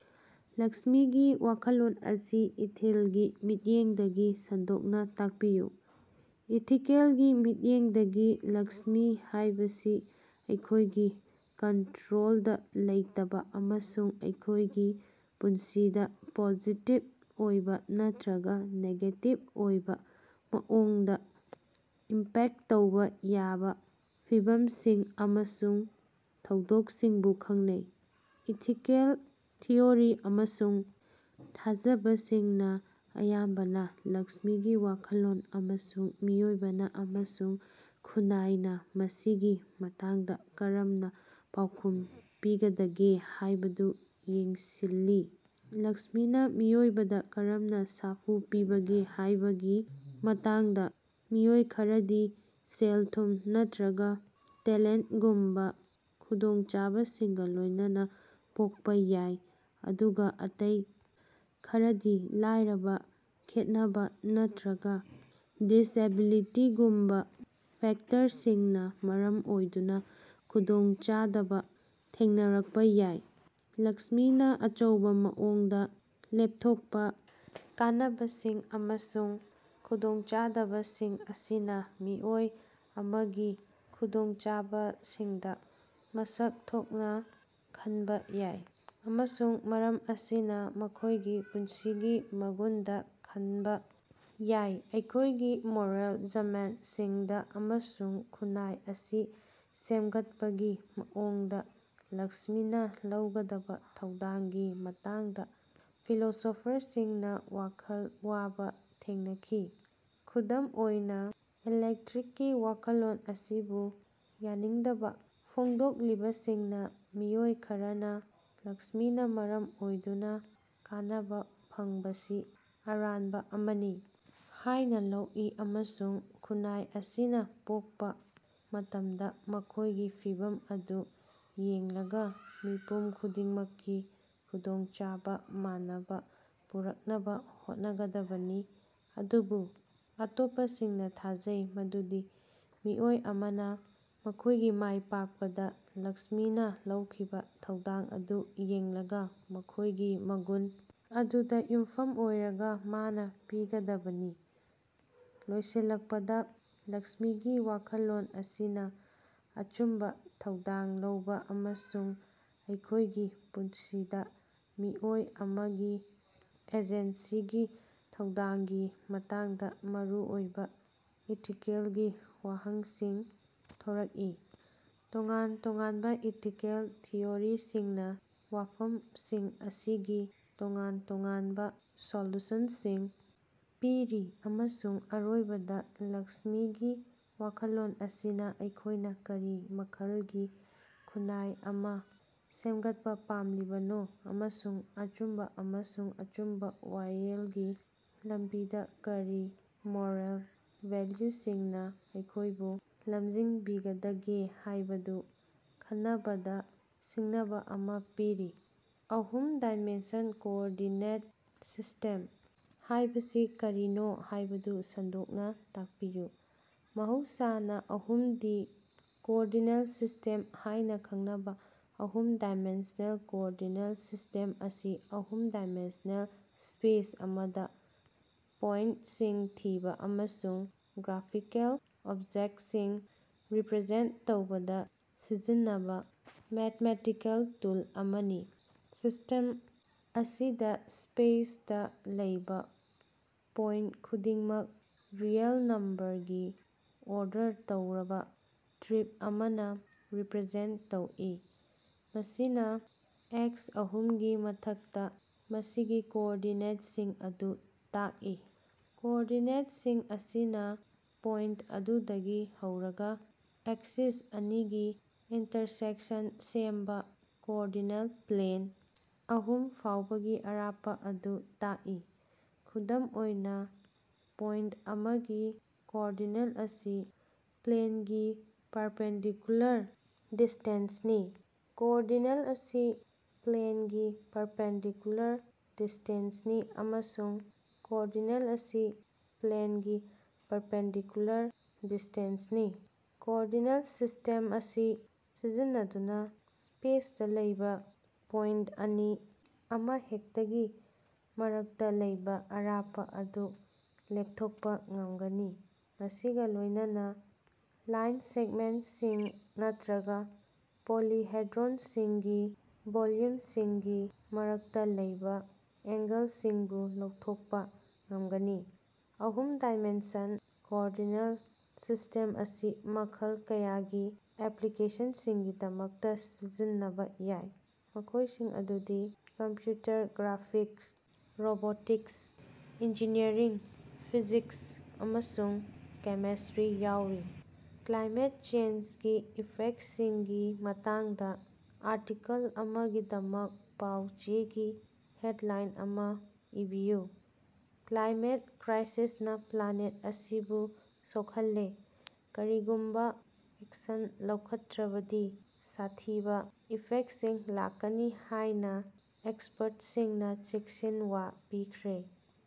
ꯂꯛꯁ꯭ꯃꯤꯒꯤ ꯋꯥꯈꯜꯂꯣꯟ ꯑꯁꯤ ꯏꯊꯤꯜꯒꯤ ꯃꯤꯠꯌꯦꯡꯗꯒꯤ ꯁꯟꯗꯣꯛꯅ ꯇꯥꯛꯄꯤꯌꯨ꯫ ꯏꯊꯤꯀꯦꯜꯒꯤ ꯃꯤꯠꯌꯦꯡꯗꯒꯤ, ꯂꯛꯁ꯭ꯃꯤ ꯍꯥꯏꯕꯁꯤ ꯑꯩꯈꯣꯏꯒꯤ ꯀꯟꯇꯔꯣꯜꯗ ꯂꯩꯇꯕ ꯑꯃꯁꯨꯡ ꯑꯩꯈꯣꯏꯒꯤ ꯄꯨꯟꯁꯤꯗ ꯄꯣꯖꯤꯇꯤꯕ ꯑꯣꯏꯕ ꯅꯠꯇꯔꯒ ꯅꯦꯒꯦꯇꯤꯕ ꯑꯣꯏꯕ ꯃꯑꯣꯡꯗ ꯏꯝꯄꯦꯛꯇ ꯇꯧꯕ ꯌꯥꯕ ꯐꯤꯚꯝꯁꯤꯡ ꯑꯃꯁꯨꯡ ꯊꯧꯗꯣꯛꯁꯤꯡꯕꯨ ꯈꯪꯅꯩ꯫ ꯏꯊꯤꯀꯦꯜ ꯊꯤꯑꯣꯔꯤ ꯑꯃꯁꯨꯡ ꯊꯥꯖꯕꯁꯤꯡꯅ ꯑꯌꯥꯝꯕꯅ ꯂꯛꯁ꯭ꯃꯤꯒꯤ ꯋꯥꯈꯜꯂꯣꯟ, ꯑꯃꯁꯨꯡ ꯃꯤꯑꯣꯏꯕꯅ ꯑꯃꯁꯨꯡ ꯈꯨꯟꯅꯥꯏꯅ ꯃꯁꯤꯒꯤ ꯃꯇꯥꯡꯗ ꯀꯔꯝꯅ ꯄꯥꯎꯈꯨꯝ ꯄꯤꯒꯗꯒꯦ ꯍꯥꯏꯕꯗꯨ ꯌꯦꯡꯁꯤꯜꯂꯤ꯫ ꯂꯛꯁ꯭ꯃꯤꯅ ꯃꯤꯑꯣꯏꯕꯗ ꯀꯔꯝꯅ ꯁꯥꯐꯨ ꯄꯤꯕꯒꯦ ꯍꯥꯏꯕꯒꯤ ꯃꯇꯥꯡꯗꯥ ꯃꯤꯑꯣꯏ ꯈꯔꯗꯤ ꯁꯦꯜ-ꯊꯨꯝ ꯅꯠꯇꯔꯒ ꯇꯦꯂꯦꯟꯇꯒꯨꯝꯕ ꯈꯨꯗꯣꯡꯆꯥꯕꯁꯤꯡꯒ ꯂꯣꯏꯅꯅ ꯄꯣꯛꯄ ꯌꯥꯏ, ꯑꯗꯨꯒ ꯑꯇꯩ ꯈꯔꯗꯤ ꯂꯥꯏꯔꯕ, ꯈꯦꯠꯅꯕ, ꯅꯠꯇꯔꯒ ꯗꯤꯁꯑꯦꯕꯤꯂꯤꯇꯤꯒꯨꯝꯕ ꯐꯦꯛꯇꯔꯁꯤꯡꯅ ꯃꯔꯝ ꯑꯣꯏꯗꯨꯅ ꯈꯨꯗꯣꯡꯆꯥꯗꯕ ꯊꯦꯡꯅꯔꯛꯄ ꯌꯥꯏ꯫ ꯂꯛꯁ꯭ꯃꯤꯅ ꯑꯆꯧꯕ ꯃꯑꯣꯡꯗ ꯂꯦꯞꯊꯣꯛꯄ ꯀꯥꯟꯅꯕꯁꯤꯡ ꯑꯃꯁꯨꯡ ꯈꯨꯗꯣꯡꯆꯥꯗꯕꯁꯤꯡ ꯑꯁꯤꯅꯥ ꯃꯤꯑꯣꯏ ꯑꯃꯒꯤ ꯈꯨꯗꯣꯡꯆꯥꯕꯁꯤꯡꯗ ꯃꯁꯛ ꯊꯣꯛꯅ ꯈꯟꯕ ꯌꯥꯏ, ꯑꯃꯁꯨꯡ ꯃꯔꯝ ꯑꯁꯤꯅ ꯃꯈꯣꯏꯒꯤ ꯄꯨꯟꯁꯤꯒꯤ ꯃꯒꯨꯟꯗ ꯈꯟꯕꯥ ꯌꯥꯏ꯫ ꯑꯩꯈꯣꯌꯒꯤ ꯃꯣꯔꯦꯜ ꯖꯃꯦꯟꯇꯁꯤꯡꯗꯥ ꯑꯃꯁꯨꯡ ꯈꯨꯟꯅꯥꯏ ꯑꯁꯤ ꯁꯦꯝꯒꯠꯄꯒꯤ ꯃꯑꯣꯡꯗ ꯂꯛꯁ꯭ꯃꯤꯅ ꯂꯧꯒꯗꯕ ꯊꯧꯗꯥꯡꯒꯤ ꯃꯇꯥꯡꯗ ꯐꯤꯂꯣꯁꯣꯐꯔꯁꯤꯡꯅ ꯋꯥꯈꯜ ꯋꯥꯕ ꯊꯦꯡꯅꯈꯤ꯫ ꯈꯨꯗꯝ ꯑꯣꯏꯅ, ꯏꯂꯦꯛꯇ꯭ꯔꯤꯛꯒꯤ ꯋꯥꯈꯜꯂꯣꯟ ꯑꯁꯤꯕꯨ ꯌꯥꯅꯤꯡꯗꯕ ꯐꯣꯡꯗꯣꯛꯂꯤꯕꯁꯤꯡꯅ ꯃꯤꯑꯣꯏ ꯈꯔꯅ ꯂꯛꯁ꯭ꯃꯤꯅ ꯃꯔꯝ ꯑꯣꯏꯗꯨꯅ ꯀꯥꯟꯅꯕ ꯐꯪꯕꯁꯤ ꯑꯔꯥꯅꯕ ꯑꯃꯅꯤ ꯍꯥꯏꯅ ꯂꯧꯏ, ꯑꯃꯁꯨꯡ ꯈꯨꯟꯅꯥꯏ ꯑꯁꯤꯅ ꯄꯣꯛꯄ ꯃꯇꯃꯗ ꯃꯈꯣꯏꯒꯤ ꯐꯤꯚꯝ ꯑꯗꯨ ꯌꯦꯡꯂꯒ ꯃꯤꯄꯨꯝ ꯈꯨꯗꯤꯡꯃꯛꯀꯤ ꯈꯨꯗꯣꯡꯆꯥꯕ ꯃꯥꯟꯅꯕ ꯄꯨꯔꯛꯅꯕ ꯍꯣꯠꯒꯗꯕꯅꯤ꯫ ꯑꯗꯨꯕꯨ ꯑꯇꯣꯞꯄꯁꯤꯡꯅ ꯊꯥꯖꯩ ꯃꯗꯨꯗꯤ ꯃꯤꯑꯣꯏ ꯑꯃꯅ ꯃꯈꯣꯏꯒꯤ ꯃꯥꯏ ꯄꯥꯛꯄꯗ ꯂꯛꯁ꯭ꯃꯤꯅ ꯂꯧꯈꯤꯕ ꯊꯧꯗꯥꯡ ꯑꯗꯨ ꯌꯦꯡꯂꯒ ꯃꯈꯣꯏꯒꯤ ꯃꯒꯨꯟ ꯑꯗꯨꯗ ꯌꯨꯝꯐꯝ ꯑꯣꯏꯔꯒ ꯃꯅꯥ ꯄꯤꯒꯗꯕꯅꯤ꯫ ꯂꯣꯏꯁꯤꯜꯂꯛꯄꯗ, ꯂꯛꯁ꯭ꯃꯤꯒꯤ ꯋꯥꯈꯜꯂꯣꯟ ꯑꯁꯤꯅ ꯑꯆꯨꯝꯕ, ꯊꯧꯗꯥꯡ ꯂꯧꯕ ꯑꯃꯁꯨꯡ ꯑꯩꯈꯣꯌꯒꯤ ꯄꯨꯟꯁꯤꯗꯥ ꯃꯤꯑꯣꯏ ꯑꯃꯒꯤ ꯑꯦꯖꯦꯟꯁꯤꯒꯤ ꯊꯧꯗꯥꯡꯒꯤ ꯃꯇꯥꯡꯗꯥ ꯃꯔꯨꯑꯣꯏꯕꯥ ꯏꯊꯤꯀꯦꯂꯒꯤ ꯋꯥꯍꯪꯁꯤꯡ ꯊꯣꯔꯛꯏ꯫ ꯇꯣꯉꯥꯟ ꯇꯣꯉꯥꯟꯕ ꯏꯊꯤꯀꯦꯜ ꯊꯤꯑꯣꯔꯤꯁꯤꯡꯅ ꯋꯥꯐꯝꯁꯤꯡ ꯑꯁꯤꯒꯤ ꯇꯣꯉꯥꯟ ꯇꯣꯉꯥꯟꯕ ꯁꯣꯂꯨꯁꯟꯁꯤꯡ ꯄꯤꯔꯤ, ꯑꯃꯁꯨꯡ ꯑꯔꯣꯏꯕꯗ, ꯂꯛꯁ꯭ꯃꯤꯒꯤ ꯋꯥꯈꯜꯂꯣꯟ ꯑꯁꯤꯅ ꯑꯩꯈꯣꯏꯅ ꯀꯔꯤ ꯃꯈꯜꯒꯤ ꯈꯨꯟꯅꯥꯏ ꯑꯃ ꯁꯦꯝꯒꯠꯄ ꯄꯥꯝꯂꯤꯕꯅꯣ, ꯑꯃꯁꯨꯡ ꯑꯆꯨꯝꯕ ꯑꯃꯁꯨꯡ ꯑꯆꯨꯝꯕ ꯋꯥꯌꯦꯜꯒꯤ ꯂꯝꯕꯤꯗ ꯀꯔꯤ ꯃꯣꯔꯦꯜ ꯚꯦꯜꯌꯨꯁꯤꯡꯅ ꯑꯩꯈꯣꯏꯕꯨ ꯂꯝꯖꯤꯡꯕꯤꯒꯗꯒꯦ ꯍꯥꯏꯕꯗꯨ ꯈꯟꯅꯕꯗ ꯁꯤꯡꯅꯕ ꯑꯃ ꯄꯤꯔꯤ꯫ ꯑꯍꯨꯝ ꯗꯥꯏꯃꯦꯟꯁꯟ ꯀꯣꯑꯣꯔꯗꯤꯅꯦꯠ ꯁꯤꯁ꯭ꯇꯦꯝ ꯍꯥꯏꯕꯁꯤ ꯀꯔꯤꯅꯣ ꯍꯥꯏꯕꯗꯨ ꯁꯟꯗꯣꯛꯅ ꯇꯥꯛꯄꯤꯌꯨ꯫ ꯃꯍꯧꯁꯥꯅ ꯑꯍꯨꯝ ꯗꯤ ꯀꯣꯑꯣꯔꯗꯤꯅꯦꯠ ꯁꯤꯁ꯭ꯇꯦꯝ ꯍꯥꯏꯅ ꯈꯪꯅꯕ ꯑꯍꯨꯝ ꯗꯥꯏꯃꯦꯟꯁꯅꯦꯜ ꯀꯣꯑꯣꯔꯗꯤꯅꯦꯠ ꯁꯤꯁ꯭ꯇꯦꯝ ꯑꯁꯤ ꯑꯍꯨꯝ ꯗꯥꯏꯃꯦꯟꯁꯅꯦꯜ ꯁ꯭ꯄꯦꯁ ꯑꯃꯗ ꯄꯣꯏꯟꯇꯁꯤꯡ ꯊꯤꯕ ꯑꯃꯁꯨꯡ ꯒ꯭ꯔꯥꯐꯤꯀꯦꯜ ꯑꯣꯕꯖꯦꯛꯇꯁꯤꯡ ꯔꯤꯄꯔꯖꯦꯟꯇ ꯇꯧꯕꯗ ꯁꯤꯖꯤꯟꯅꯕ ꯃꯦꯊꯃꯦꯇꯤꯀꯦꯜ ꯇꯨꯜ ꯑꯃꯅꯤ꯫ ꯁꯤꯁ꯭ꯇꯦꯝ ꯑꯁꯤꯗ, ꯁ꯭ꯄꯦꯁꯇꯥ ꯂꯩꯕ ꯄꯣꯏꯟꯇ ꯈꯨꯗꯤꯡꯃꯛ ꯔꯤꯑꯦꯜ ꯅꯝꯕꯔ ꯒꯤ ꯑꯣꯔꯗꯔ ꯇꯧꯔꯕ ꯇ꯭ꯔꯤꯄꯜ ꯑꯃꯅ ꯔꯤꯄꯔꯖꯦꯟꯇ ꯇꯧꯏ, ꯃꯁꯤꯅ ꯑꯦꯛꯁ ꯑꯍꯨꯝꯒꯤ ꯃꯊꯛꯇ ꯃꯁꯤꯒꯤ ꯀꯣꯑꯣꯔꯗꯤꯅꯦꯠꯁꯤꯡ ꯑꯗꯨ ꯇꯛꯏ꯫ ꯀꯣꯑꯣꯔꯗꯤꯅꯦꯠꯁꯤꯡ ꯑꯁꯤꯅ ꯄꯣꯏꯟꯇ ꯑꯗꯨꯗꯒꯤ ꯍꯧꯔꯒ ꯑꯦꯛꯁꯤꯁ ꯑꯅꯤꯒꯤ ꯏꯟꯇꯔꯁꯦꯛꯁꯟꯅ ꯁꯦꯝꯕꯥ ꯀꯣꯑꯣꯔꯗꯤꯅꯦꯠ ꯄ꯭ꯂꯦꯟ ꯑꯍꯨꯝ ꯐꯥꯎꯕꯒꯤ ꯑꯔꯥꯞꯄ ꯑꯗꯨ ꯇꯥꯛꯏ꯫ ꯈꯨꯗꯝ ꯑꯣꯏꯅꯥ, ꯄꯣꯏꯟꯇ ꯑꯃꯒꯤ -ꯀꯣꯑꯣꯔꯗꯤꯅꯦꯠ ꯑꯁꯤ -ꯄ꯭ꯂꯦꯟꯗꯒꯤ ꯄꯥꯔꯄꯦꯟꯗꯤꯀꯨꯂꯥꯔ ꯗꯤꯁ꯭ꯇꯦꯟꯁꯅꯤ, -ꯀꯣꯑꯣꯔꯗꯤꯅꯦꯠ ꯑꯁꯤ -ꯄ꯭ꯂꯦꯟꯗꯒꯤ ꯄꯥꯔꯄꯦꯟꯗꯤꯀꯨꯂꯥꯔ ꯗꯤꯁ꯭ꯇꯦꯟꯁꯅꯤ, ꯑꯃꯁꯨꯡ -ꯀꯣꯑꯣꯔꯗꯤꯅꯦꯠ ꯑꯁꯤ -ꯄ꯭ꯂꯦꯟꯗꯒꯤ ꯄꯥꯔꯄꯦꯟꯗꯤꯀꯨꯂꯥꯔ ꯗꯤꯁ꯭ꯇꯦꯟꯁꯅꯤ꯫ ꯀꯣꯑꯣꯔꯗꯤꯅꯦꯠ ꯁꯤꯁ꯭ꯇꯦꯝ ꯑꯁꯤ ꯁꯤꯖꯤꯟꯅꯗꯨꯅ ꯁ꯭ꯄꯦꯁꯇ ꯂꯩꯕ ꯄꯣꯏꯟꯇ ꯑꯅꯤ ꯑꯃꯍꯦꯛꯇꯒꯤ ꯃꯔꯛꯇꯥ ꯂꯩꯕ ꯑꯔꯥꯞꯄ ꯑꯗꯨ ꯂꯦꯄꯊꯣꯛꯄ ꯉꯝꯒꯅꯤ, ꯃꯁꯤꯒ ꯂꯣꯏꯅꯅꯥ ꯂꯥꯏꯟ ꯁꯦꯒꯃꯦꯟꯇꯁꯤꯡ ꯅꯠꯇꯔꯒ ꯄꯣꯂꯤꯍꯦꯗ꯭ꯔꯣꯅꯁꯤꯡꯒꯤ ꯚꯣꯜꯌꯨꯝꯁꯤꯡꯒꯤ ꯃꯔꯛꯇꯥ ꯂꯩꯕ ꯑꯦꯡꯒꯜꯁꯤꯡꯁꯨ ꯂꯧꯊꯣꯛꯄ ꯉꯃꯒꯅꯤ꯫ ꯑꯍꯨꯝ ꯗꯥꯏꯃꯦꯟꯁꯟ ꯀꯣꯑꯣꯔꯗꯤꯅꯦꯠ ꯁꯤꯁ꯭ꯇꯦꯝ ꯑꯁꯤ ꯃꯈꯜ ꯀꯌꯥꯒꯤ ꯑꯦꯞꯂꯤꯀꯦꯁꯟꯁꯤꯡꯒꯤꯗꯃꯛꯇ ꯁꯤꯖꯤꯟꯅꯕ ꯌꯥꯏ, ꯃꯈꯣꯏꯁꯤꯡ ꯑꯗꯨꯗꯤ: computer graphics, robotics, engineering, physics, ꯑꯃꯁꯨꯡ ꯀꯦꯃꯦꯁ꯭ꯇꯔꯤ ꯌꯥꯎꯔꯤ꯫ ꯀ꯭ꯂꯥꯏꯃꯦꯠ ꯆꯦꯟꯖꯒꯤ ꯏꯐꯦꯛꯇꯁꯤꯡꯒꯤ ꯃꯇꯥꯡꯗ ꯑꯥꯔꯇꯤꯀꯜ ꯑꯃꯒꯤꯗꯃꯛ ꯄꯥꯎ-ꯆꯦꯒꯤ ꯍꯦꯗꯂꯥꯏꯟ ꯑꯃ ꯏꯕꯤꯌꯨ꯫ "ꯀ꯭ꯂꯥꯏꯃꯦꯠ ꯀ꯭ꯔꯥꯏꯁꯤꯁꯅ ꯄ꯭ꯂꯥꯅꯦꯠ ꯑꯁꯤꯕꯨ ꯁꯣꯍꯜꯂꯦ: ꯀꯔꯤꯒꯨꯝꯕ ꯑꯦꯛꯁꯟ ꯂꯧꯈꯠꯇꯔꯕꯗꯤ ꯁꯥꯊꯤꯕ ꯏꯐꯦꯛꯁꯤꯡ ꯂꯥꯛꯀꯅꯤ ꯍꯥꯏꯅ ꯑꯦꯛꯁꯄꯔꯇꯁꯤꯡꯅ ꯆꯦꯛꯁꯤꯟꯋꯥ ꯄꯤꯈ꯭ꯔꯦ"꯫